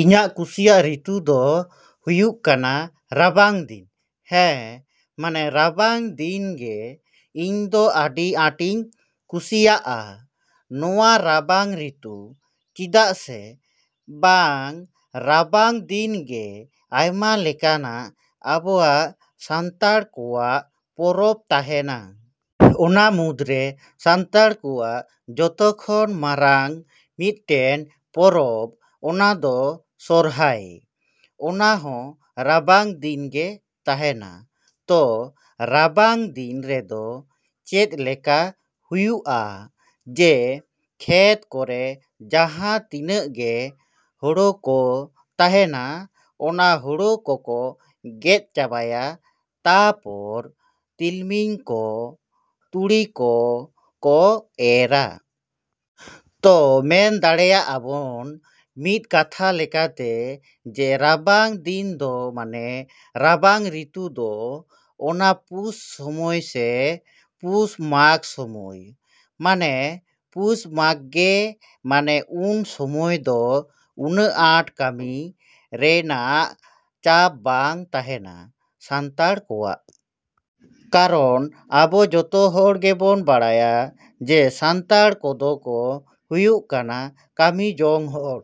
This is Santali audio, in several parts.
‎ᱤᱧᱟᱜ ᱠᱩᱥᱤᱭᱟᱜ ᱨᱤᱛᱩ ᱫᱚ ᱦᱩᱭᱩᱜ ᱠᱟᱱᱟ ᱨᱟᱵᱟᱝ ᱫᱤᱱ᱾ ᱦᱮᱸ, ᱢᱟᱱᱮ ᱨᱟᱵᱟᱝ ᱫᱤᱱ ᱜᱮ ᱤᱧ ᱫᱚ ᱟᱹᱰᱤ ᱟᱸᱴᱤᱧ ᱠᱩᱥᱤᱭᱟᱜᱼᱟ ᱱᱚᱣᱟ ᱨᱟᱵᱟᱝ ᱨᱤᱛᱩ᱾ ᱪᱮᱫᱟᱜ ᱥᱮ ᱵᱟᱝ ᱨᱟᱵᱟᱝ ᱫᱤᱱ ᱜᱮ ᱟᱭᱢᱟ ᱞᱮᱠᱟᱱᱟᱜ ᱟᱵᱚᱣᱟᱜ ᱥᱟᱱᱛᱟᱲ ᱠᱚᱣᱟᱜ ᱯᱚᱨᱚᱵᱽ ᱛᱟᱦᱮᱱᱟ᱾ ᱚᱱᱟ ᱢᱩᱫᱽ ᱨᱮ ᱥᱟᱱᱛᱟᱲ ᱠᱚᱣᱟᱜ ᱡᱚᱛᱚ ᱠᱷᱚᱱ ᱢᱟᱨᱟᱝ ᱢᱤᱫᱴᱮᱱ ᱯᱚᱨᱚᱵᱽ ᱚᱱᱟ ᱫᱚ ᱥᱚᱨᱦᱟᱭ, ᱚᱱᱟ ᱦᱚᱸ ᱨᱟᱵᱟᱝ ᱫᱤᱱ ᱜᱮ ᱛᱟᱦᱮᱱᱟ᱾ ᱛᱚ ᱨᱟᱵᱟᱝ ᱫᱤᱱ ᱨᱮᱫᱚ ᱪᱮᱫ ᱞᱮᱠᱟ ᱦᱩᱭᱩᱜᱼᱟ ᱡᱮ ᱠᱷᱮᱛ ᱠᱚᱨᱮ ᱡᱟᱦᱟᱸ ᱛᱤᱱᱟᱹᱜ ᱜᱮ ᱦᱳᱲᱳ ᱠᱚ ᱛᱟᱦᱮᱱᱟ ᱚᱱᱟ ᱦᱳᱲᱳ ᱠᱚᱠᱚ ᱜᱮᱫ ᱪᱟᱵᱟᱭᱟ ᱛᱟᱯᱚᱨ ᱛᱤᱞᱢᱤᱧ ᱠᱚ, ᱛᱩᱲᱤ ᱠᱚ ᱠᱚ ᱮᱨᱟ᱾ ᱛᱚ ᱢᱮᱱ ᱫᱟᱲᱮᱭᱟᱜ ᱟᱵᱚᱱ ᱢᱤᱫ ᱠᱟᱛᱷᱟ ᱞᱮᱠᱟᱛᱮ ᱡᱮ ᱨᱟᱵᱟᱝ ᱫᱤᱱ ᱫᱚ ᱢᱟᱱᱮ ᱨᱟᱵᱟᱝ ᱨᱤᱛᱩ ᱫᱚ ᱚᱱᱟ ᱯᱩᱥ ᱥᱚᱢᱚᱭ ᱥᱮ ᱯᱩᱥ ᱢᱟᱜᱽ ᱥᱚᱢᱚᱭ, ᱢᱟᱱᱮ ᱯᱩᱥ ᱢᱟᱜᱽ ᱜᱮ ᱢᱟᱱᱮ ᱩᱱ ᱥᱚᱢᱚᱭ ᱫᱚ ᱩᱱᱟᱹᱜ ᱟᱴ ᱠᱟᱹᱢᱤ ᱨᱮᱱᱟᱜ ᱪᱟᱯ ᱵᱟᱝ ᱛᱟᱦᱮᱱᱟ ᱥᱟᱱᱛᱟᱲ ᱠᱚᱣᱟᱜ᱾ ᱠᱟᱨᱚᱱ ᱟᱵᱚ ᱡᱚᱛᱚ ᱦᱚᱲ ᱜᱮᱵᱚᱱ ᱵᱟᱲᱟᱭᱟ ᱡᱮ ᱥᱟᱱᱛᱟᱲ ᱠᱚᱫᱚ ᱠᱚ ᱦᱩᱭᱩᱜ ᱠᱟᱱᱟ ᱠᱟᱹᱢᱤ ᱡᱚᱝ ᱦᱚᱲ᱾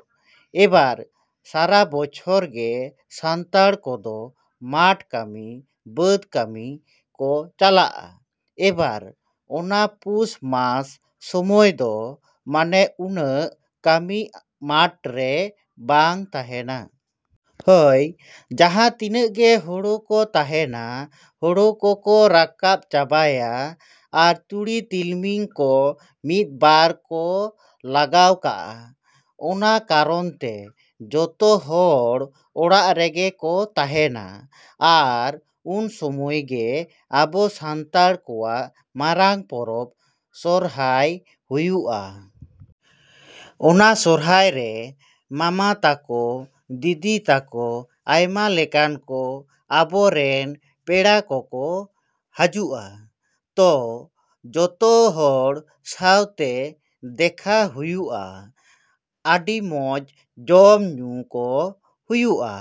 ᱮᱵᱟᱨ ᱥᱟᱨᱟ ᱵᱚᱪᱷᱚᱨ ᱜᱮ ᱥᱟᱱᱛᱟᱲ ᱠᱚᱫᱚ ᱢᱟᱴ ᱠᱟᱹᱢᱤ, ᱵᱟᱹᱫᱽ ᱠᱟᱹᱢᱤ ᱠᱚ ᱪᱟᱞᱟᱜᱼᱟ᱾ ᱮᱵᱟᱨ ᱚᱱᱟ ᱯᱩᱥ ᱢᱟᱥ ᱥᱚᱢᱚᱭ ᱫᱚ ᱢᱟᱱᱮ ᱩᱱᱟᱹᱜ ᱠᱟᱹᱢᱤ ᱢᱟᱴ ᱨᱮ ᱵᱟᱝ ᱛᱟᱦᱮᱱᱟ᱾ ᱦᱚᱭ, ᱡᱟᱦᱟᱸ ᱛᱤᱱᱟᱹᱜ ᱜᱮ ᱦᱳᱲᱳ ᱠᱚ ᱛᱟᱦᱮᱱᱟ ᱦᱳᱲᱳ ᱠᱚ ᱠᱚ ᱨᱟᱠᱟᱵᱽ ᱪᱟᱵᱟᱭᱟ ᱟᱨ ᱛᱩᱲᱤ ᱛᱤᱞᱢᱤᱧ ᱠᱚ ᱢᱤᱫ ᱵᱟᱨ ᱠᱚ ᱞᱟᱜᱟᱣ ᱠᱟᱜᱼᱟ᱾ ᱚᱱᱟ ᱠᱟᱨᱚᱱ ᱛᱮ ᱡᱚᱛᱚ ᱦᱚᱲ ᱚᱲᱟᱜ ᱨᱮᱜᱮ ᱠᱚ ᱛᱟᱦᱮᱱᱟ ᱟᱨ ᱩᱱ ᱥᱚᱢᱚᱭ ᱜᱮ ᱟᱵᱚ ᱥᱟᱱᱛᱟᱲ ᱠᱚᱣᱟᱜ ᱢᱟᱨᱟᱝ ᱯᱚᱨᱚᱵᱽ ᱥᱚᱨᱦᱟᱭ ᱦᱩᱭᱩᱜᱼᱟ᱾ ᱚᱱᱟ ᱥᱚᱨᱦᱟᱭ ᱨᱮ ᱢᱟᱢᱟ ᱛᱟᱠᱚ, ᱫᱤᱫᱤ ᱛᱟᱠᱚ, ᱟᱭᱢᱟ ᱞᱮᱠᱟᱱ ᱠᱚ ᱟᱵᱚ ᱨᱮᱱ ᱯᱮᱲᱟ ᱠᱚᱠᱚ ᱦᱟᱹᱡᱩᱜᱼᱟ᱾ ᱛᱚ ᱡᱚᱛᱚ ᱦᱚᱲ ᱥᱟᱣᱛᱮ ᱫᱮᱠᱷᱟ ᱦᱩᱭᱩᱜᱼᱟ, ᱟᱹᱰᱤ ᱢᱚᱡᱽ ᱡᱚᱢ ᱧᱩ ᱠᱚ ᱦᱩᱭᱩᱜᱼᱟ᱾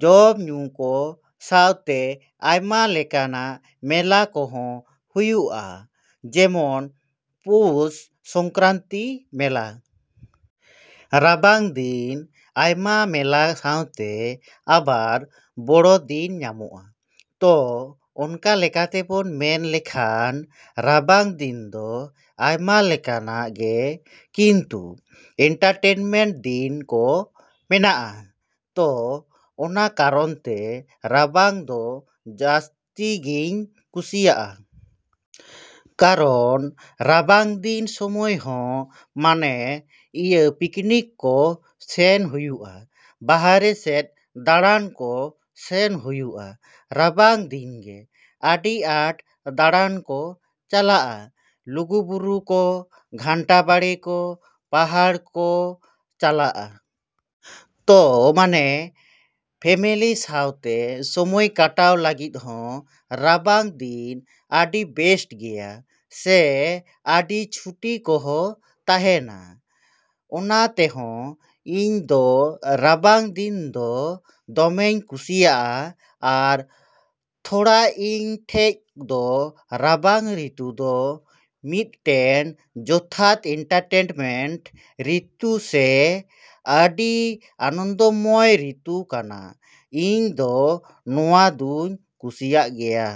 ᱡᱚᱢ ᱧᱩ ᱠᱚ ᱥᱟᱶᱛᱮ ᱟᱭᱢᱟ ᱞᱮᱠᱟᱱᱟᱜ ᱢᱮᱞᱟ ᱠᱚᱦᱚ ᱦᱩᱭᱩᱜᱼᱟ ᱡᱮᱢᱚᱱ ᱯᱚᱥ ᱥᱚᱝᱠᱨᱟᱱᱛᱤ ᱢᱮᱞᱟ᱾ ᱨᱟᱵᱟᱝ ᱫᱤᱱ ᱟᱭᱢᱟ ᱢᱮᱞᱟ ᱥᱟᱶᱛᱮ ᱟᱵᱟᱨ ᱵᱚᱲᱚ ᱫᱤᱱ ᱧᱟᱢᱚᱜᱼᱟ᱾ ᱛᱚ ᱚᱱᱠᱟ ᱞᱮᱠᱟᱛᱮᱵᱚᱱ ᱢᱮᱱ ᱞᱮᱠᱷᱟᱱ ᱨᱟᱵᱟᱝ ᱫᱤᱱ ᱫᱚ ᱟᱭᱢᱟ ᱞᱮᱠᱟᱱᱟᱜ ᱜᱮ ᱠᱤᱱᱛᱩ ᱤᱱᱴᱟᱨᱴᱮᱱᱢᱮᱱᱴ ᱫᱤᱱ ᱠᱚ ᱢᱮᱱᱟᱜᱼᱟ᱾ ᱛᱚ ᱚᱱᱟ ᱠᱟᱨᱚᱱ ᱛᱮ ᱨᱟᱵᱟᱝ ᱫᱚ ᱡᱟᱹᱥᱛᱤ ᱜᱮᱧ ᱠᱩᱥᱤᱭᱟᱜᱼᱟ᱾ ᱠᱟᱨᱚᱱ ᱨᱟᱵᱟᱝ ᱫᱤᱱ ᱥᱚᱢᱚᱭ ᱦᱚᱸ ᱢᱟᱱᱮ ᱤᱭᱟᱹ ᱯᱤᱠᱱᱤᱠ ᱠᱚ ᱥᱮᱱ ᱦᱩᱭᱩᱜᱼᱟ, ᱵᱟᱨᱦᱮ ᱥᱮᱫ ᱫᱟᱬᱟᱱ ᱠᱚ ᱥᱮᱱ ᱦᱩᱭᱩᱜᱼᱟ᱾ ᱨᱟᱵᱟᱝ ᱫᱤᱱ ᱜᱮ ᱟᱹᱰᱤ ᱟᱸᱴ ᱫᱟᱬᱟᱱ ᱠᱚ ᱪᱟᱞᱟᱜᱼᱟ ᱞᱩᱜᱩᱵᱩᱨᱩ ᱠᱚ, ᱜᱷᱟᱱᱴᱟ ᱵᱟᱲᱮ ᱠᱚ, ᱯᱟᱦᱟᱲ ᱠᱚ ᱠᱚ ᱪᱟᱞᱟᱜᱼᱟ᱾ ᱛᱚ ᱢᱟᱱᱮ ᱯᱷᱮᱢᱮᱞᱤ ᱥᱟᱣᱛᱮ ᱥᱚᱢᱚᱭ ᱠᱟᱴᱟᱣ ᱞᱟᱹᱜᱤᱫ ᱦᱚᱸ ᱨᱟᱵᱟᱝ ᱫᱤᱱ ᱟᱹᱰᱤ ᱵᱮᱥᱴ ᱜᱮᱭᱟ ᱥᱮ ᱟᱹᱰᱤ ᱪᱷᱩᱴᱤ ᱠᱚᱦᱚᱸ ᱛᱟᱦᱮᱱᱟ᱾ ᱚᱱᱟ ᱛᱮᱦᱚᱸ ᱤᱧ ᱫᱚ ᱨᱟᱵᱟᱝ ᱫᱤᱱ ᱫᱚ ᱫᱚᱢᱮᱧ ᱠᱩᱥᱤᱭᱟᱜᱼᱟ ᱟᱨ ᱛᱷᱚᱲᱟ ᱤᱧ ᱴᱷᱮᱡ ᱫᱚ ᱨᱟᱵᱟᱝ ᱨᱤᱛᱩ ᱫᱚ ᱢᱤᱫᱴᱮᱱ ᱡᱚᱛᱷᱟᱛ ᱤᱱᱴᱟᱨᱴᱮᱱᱢᱮᱱᱴ ᱨᱤᱛᱩ ᱥᱮ ᱟᱹᱰᱤ ᱟᱱᱚᱱᱫᱚᱢᱚᱭ ᱨᱤᱛᱩ ᱠᱟᱱᱟ᱾ ᱤᱧ ᱫᱚ ᱱᱚᱣᱟ ᱫᱩᱧ ᱠᱩᱥᱤᱭᱟᱜ ᱜᱮᱭᱟ।